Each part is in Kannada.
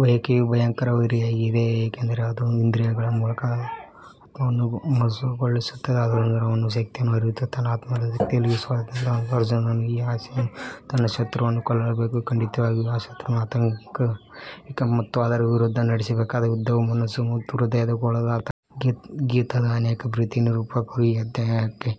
ಬಯಕೆಯು ಭಯಂಕರ ವೈರಿಯಾಗಿದೆ ಏಕೆಂದರೆ ಅದು ಇಂದ್ರಿಯಗಳ ಮೂಲಕ ಆತ್ಮವನ್ನು ಮೋಸಗೊಳಿಸುತ್ತದೆ. ಆದುದರಿಂದ ಅವನ ಶಕ್ತಿಯನ್ನು ಅರಿತು ತನ್ನ ಆತ್ಮದ ಶಕ್ತಿಯಲ್ಲಿ ವಿಶ್ವಾಸದಿಂದ ಅರ್ಜುನನು ಈ ಆಸೆಯನ್ನು ತನ್ನ ಶತ್ರುವನ್ನು ಕೊಲ್ಲಬೇಕು. ಖಂಡಿತವಾಗಿಯೂ ಈ ಶತ್ರು ಆಂತರಿಕ ಮತ್ತು ಅದರ ವಿರುದ್ಧ ನಡೆಸಬೇಕಾದ ಯುದ್ಧವು ಮನಸ್ಸು ಮತ್ತು ಹೃದಯದ ಗೋಳದ ಆಂತರಿಕವಾಗಿದೆ. ಗೀತಾದ ಅನೇಕ ಪ್ರೀತಿಯ ನಿರೂಪಕರು ಈ ಅಧ್ಯಾಯಕ್ಕೆ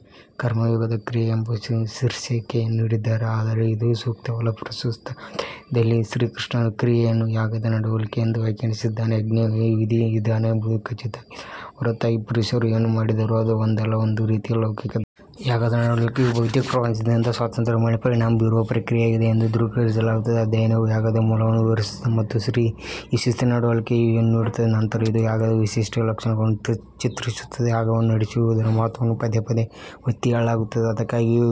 ಕರ್ಮ ಯೋಗದ ಕ್ರಿಯೆ ಎಂಬ ಶೀರ್ಷಿಕೆಯನ್ನು ನೀಡಿದ್ದಾರೆ ಆದರೆ ಇದು ಸೂಕ್ತವಲ್ಲ. ಪ್ರಸ್ತುತ ಅಧ್ಯಾಯದಲ್ಲಿ ಶ್ರೀಕೃಷ್ಣನು ಕ್ರಿಯೆಯನ್ನು ಯಾಗದ ನಡವಳಿಕೆ ಎಂದು ವ್ಯಾಖ್ಯಾನಿಸಿದ್ದಾನೆ. ಯಜ್ಞವೇ ವಿಧಿ ವಿಧಾನ ಎಂಬುದು ಖಚಿತ. ಇದರ ಹೊರತಾಗಿ ಪುರುಷರು ಏನು ಮಾಡಿದರೂ ಅದು ಒಂದಲ್ಲ ಒಂದು ರೀತಿಯ ಲೌಕಿಕ ದಾಸ್ಯವೇ. ಯಾಗದ ನಡವಳಿಕೆಯು ಭೌತಿಕ ಪ್ರಪಂಚದಿಂದ ಸ್ವಾತಂತ್ರ್ಯದ ಮೇಲೆ ಪರಿಣಾಮ ಬೀರುವ ಕ್ರಿಯೆಯಾಗಿದೆ ಎಂದು ದೃಢೀಕರಿಸಲಾಗುತ್ತದೆ. ಅಧ್ಯಾಯವು ಯಾಗದ ಮೂಲವನ್ನು ವಿವರಿಸುತ್ತದೆ ಮತ್ತು ಈ ಶಿಸ್ತಿನ ನಡವಳಿಕೆಯು ಏನು ನೀಡುತ್ತದೆ. ನಂತರ ಇದು ಯಾಗದ ವಿಶಿಷ್ಟ ಲಕ್ಷಣಗಳನ್ನು ಚಿತ್ರಿಸುತ್ತದೆ. ಯಾಗವನ್ನು ನಡೆಸುವುದರ ಮಹತ್ವವನ್ನು ಪದೇ ಪದೇ ಒತ್ತಿಹೇಳಲಾಗುತ್ತದೆ ಅದಕ್ಕಾಗಿಯೇ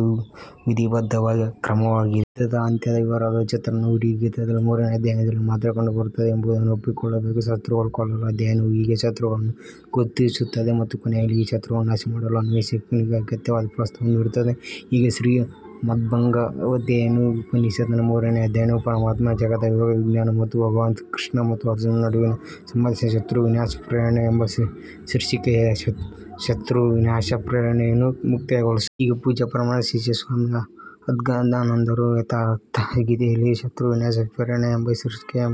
ವಿಧಿಬದ್ಧವಾದ ಕ್ರಮವಾಗಿದೆ. ಯುದ್ಧದ ಅತ್ಯಂತ ವಿವರವಾದ ಚಿತ್ರಣವು ಇಡೀ ಗೀತಾದಲ್ಲಿ ಮೂರನೇ ಅಧ್ಯಾಯದಲ್ಲಿ ಮಾತ್ರ ಕಂಡುಬರುತ್ತದೆ ಎಂಬುದನ್ನು ಒಪ್ಪಿಕೊಳ್ಳಬೇಕು. ಶತ್ರುಗಳನ್ನು ಕೊಲ್ಲಲು ಅಧ್ಯಾಯವು ಹೀಗೆ ಶತ್ರುಗಳನ್ನು ಗುರುತಿಸುತ್ತದೆ ಮತ್ತು ಕೊನೆಯಲ್ಲಿ ಈ ಶತ್ರುಗಳನ್ನು ನಾಶಮಾಡಲು ಅನ್ವೇಷಕನಿಗೆ ಅಗತ್ಯವಾದ ಪ್ರೋತ್ಸಾಹವನ್ನು ನೀಡುತ್ತದೆ. ಹೀಗೆ ಶ್ರೀಮದ್ಭಗವದ್ಗೀತೆಯ ಉಪನಿಷತ್ತಿನ ಮೂರನೆಯ ಅಧ್ಯಾಯವು ಪರಮಾತ್ಮನ ಜ್ಞಾನದ ಯೋಗ ವಿಜ್ಞಾನ ಮತ್ತು ಭಗವಾನ್ ಕೃಷ್ಣ ಮತ್ತು ಅರ್ಜುನನ ನಡುವಿನ ಸಂಭಾಷಣೆಯ ಶತ್ರು ವಿನಾಶ ಪ್ರೇರಣೆ ಎಂಬ ಶೀರ್ಷಿಕೆಯ ಶತೃ ವಿನಾಶ ಪ್ರೇರಣೆಯನ್ನು ಮುಕ್ತಾಯಗೊಳಿಸುತ್ತದೆ. ಹೀಗೆ ಪೂಜ್ಯ ಪರಮಾನಂದರ ಶಿಷ್ಯ ಸ್ವಾಮಿ ಅದ್ಗದಾನಂದರು ಯಥಾರ್ಥ ಗೀತೆಯಲ್ಲಿನ ಶತ್ರು ವಿನಾಶ ಪ್ರೇರಣಾ ಎಂಬ ಶೀರ್ಷಿಕೆಯ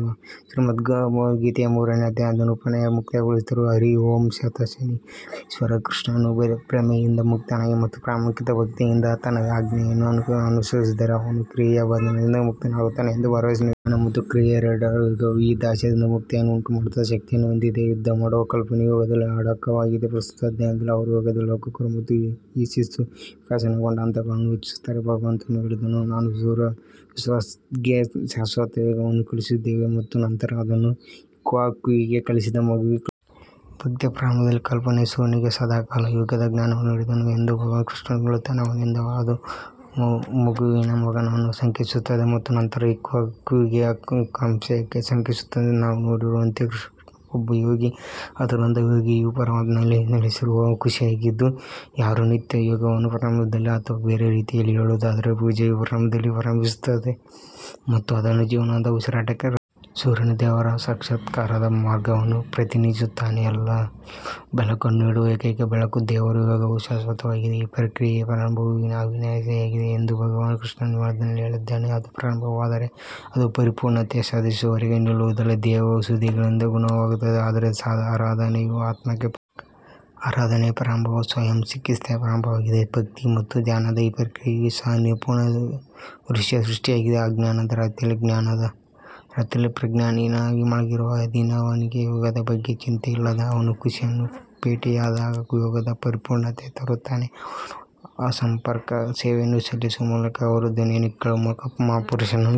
ಶ್ರೀಮದ್ಭಗವದ್ಗೀತೆಯ ಮೂರನೇ ಅಧ್ಯಾಯದ ನಿರೂಪಣೆಯನ್ನು ಮುಕ್ತಾಯಗೊಳಿಸಿದರು. ಹರಿ ಓಂ ತತ್ ಶನಿ. ಯೋಗೇಶ್ವರ್ ಕೃಷ್ಣನು ಭ್ರಮೆಯಿಂದ ಮುಕ್ತನಾಗಿ ಮತ್ತು ಪ್ರಾಮಾಣಿಕ ಭಕ್ತಿಯಿಂದ ತನ್ನ ಆಜ್ಞೆಯನ್ನು ಅನುಸರಿಸಿದರೆ ಅವನು ಕ್ರಿಯೆಯ ಬಂಧನದಿಂದ ಮುಕ್ತನಾಗುತ್ತಾನೆ ಎಂದು ಭರವಸೆ ನೀಡಿದರು. ಜ್ಞಾನ ಮತ್ತು ಕ್ರಿಯೆಗಳೆರಡರ ಯೋಗವು ಈ ದಾಸ್ಯದಿಂದ ಮುಕ್ತಿಯನ್ನು ಉಂಟುಮಾಡುವ ಶಕ್ತಿಯನ್ನು ಹೊಂದಿದೆ. ಯುದ್ಧ ಮಾಡುವ ಕಲ್ಪನೆಯು ಯೋಗದಲ್ಲಿ ಅಡಕವಾಗಿದೆ. ಪ್ರಸ್ತುತ ಅಧ್ಯಾಯದಲ್ಲಿ ಅವರು ಯೋಗದ ಲೇಖಕರು ಮತ್ತು ಈ ಶಿಸ್ತು ವಿಕಸನಗೊಂಡ ಹಂತಗಳನ್ನು ಸೂಚಿಸುತ್ತಾರೆ. ಭಗವಂತನು ಹೇಳಿದನು ನಾನು ಸೂರ್ಯ ವಿವಸ್ವತ್ಗೆ ಶಾಶ್ವತ ಯೋಗವನ್ನು ಕಲಿಸಿದ್ದೇನೆ ಮತ್ತು ನಂತರ ಅದನ್ನು ಇಕ್ಷ್ವಾಕುವಿಗೆ ಕಲಿಸಿದ ಮನುವಿಗೆ ಕಲಿಸಿದೆ. ಭಕ್ತಿಯ ಪ್ರಾರಂಭದಲ್ಲಿ ಕಲ್ಪನು ಸೂರ್ಯನಿಗೆ ಸದಾಕಾಲ ಯೋಗದ ಜ್ಞಾನವನ್ನು ನೀಡಿದನು ಎಂದು ಭಗವಾನ್ ಕೃಷ್ಣನು ಹೇಳುತ್ತಾನೆ ಅವನಿಂದ ಅದು ಮನುವಿನ ಮಗನನ್ನು ಸಂಕೇತಿಸುತ್ತದೆ ಮತ್ತು ನಂತರ ಇಕ್ಷ್ವಾಕುವಿಗೆ ಆಕಾಂಕ್ಷೆಯನ್ನು ಸಂಕೇತಿಸುತ್ತದೆ. ನಾವು ನೋಡಿರುವಂತೆ ಶ್ರೀಕೃಷ್ಣನು ಒಬ್ಬ ಯೋಗಿ. ಆದ್ದರಿಂದ ಯೋಗಿಯು ಪರಮಾತ್ಮನಲ್ಲಿ ನೆಲೆಸಿರುವ ಋಷಿಯಾಗಿದ್ದು ಯಾರು ನಿತ್ಯ ಯೋಗವನ್ನು ಪ್ರಾರಂಭದಲ್ಲಿ ಅಥವಾ ಬೇರೆ ರೀತಿಯಲ್ಲಿ ಹೇಳುವುದಾದರೆ ಪೂಜೆಯ ಪ್ರಾರಂಭದಲ್ಲಿ ಪ್ರಾರಂಭಿಸುತ್ತಾರೆ ಮತ್ತು ಅದನ್ನು ಜೀವನದ ಉಸಿರಾಟಕ್ಕೆ ರವಾನಿಸುತ್ತಾರೆ. ಸೂರ್ಯನು ದೇವರ ಸಾಕ್ಷಾತ್ಕಾರದ ಮಾರ್ಗವನ್ನು ಪ್ರತಿನಿಧಿಸುತ್ತಾನೆ. ಎಲ್ಲರಿಗೂ ಬೆಳಕನ್ನು ನೀಡುವ ಏಕೈಕ ಬೆಳಕು ದೇವರು. ಯೋಗವು ಶಾಶ್ವತವಾಗಿದೆ. ಈ ಪ್ರಕ್ರಿಯೆಯ ಪ್ರಾರಂಭವು ಅವಿನಾಶಿಯಾಗಿದೆ ಎಂದು ಭಗವಾನ್ ಕೃಷ್ಣನು ಮೊದಲೇ ಹೇಳಿದ್ದಾನೆ. ಅದು ಪ್ರಾರಂಭವಾದರೆ ಅದು ಪರಿಪೂರ್ಣತೆಯನ್ನು ಸಾಧಿಸುವವರೆಗೆ ನಿಲ್ಲುವುದಿಲ್ಲ. ದೇಹವು ಔಷಧಿಗಳಿಂದ ಗುಣವಾಗುತ್ತದೆ ಆದರೆ ಆರಾಧನೆಯು ಆತ್ಮಕ್ಕೆ ಪರಿಹಾರವಾಗಿದೆ. ಆರಾಧನೆಯ ಪ್ರಾರಂಭವು ಸ್ವಯಂ ಚಿಕಿತ್ಸೆಯ ಪ್ರಾರಂಭವಾಗಿದೆ. ಭಕ್ತಿ ಮತ್ತು ಧ್ಯಾನದ ಈ ಕ್ರಿಯೆಯು ಸಹ ನಿಪುಣ ಋಷಿಯ ಸೃಷ್ಟಿಯಾಗಿದೆ. ಅಜ್ಞಾನದ ರಾತ್ರಿಯಲ್ಲಿ ಅಜ್ಞಾನದ ರಾತ್ರಿಯಲ್ಲಿ ಪ್ರಜ್ಞಾಹೀನನಾಗಿ ಮಲಗಿರುವ ಆದಿಮಾನವನಿಗೆ ಯೋಗದ ಬಗ್ಗೆ ಚಿಂತನೆಯಿಲ್ಲದ ಅವನು ಋಷಿಯನ್ನು ಭೇಟಿಯಾದಾಗ ಯೋಗದ ಪರಿಪೂರ್ಣತೆಗೆ ತರುತ್ತಾನೆ ಅವನು ಅಸಮರ್ಪಕ ಸೇವೆಯನ್ನು ಸಲ್ಲಿಸುವ ಮೂಲಕ ಅವರ ಧ್ವನಿಯನ್ನು ಕೇಳುವ ಮೂಲಕ ಮಹಾಪುರುಷನನ್ನು ನೋಡುತ್ತಾನೆ.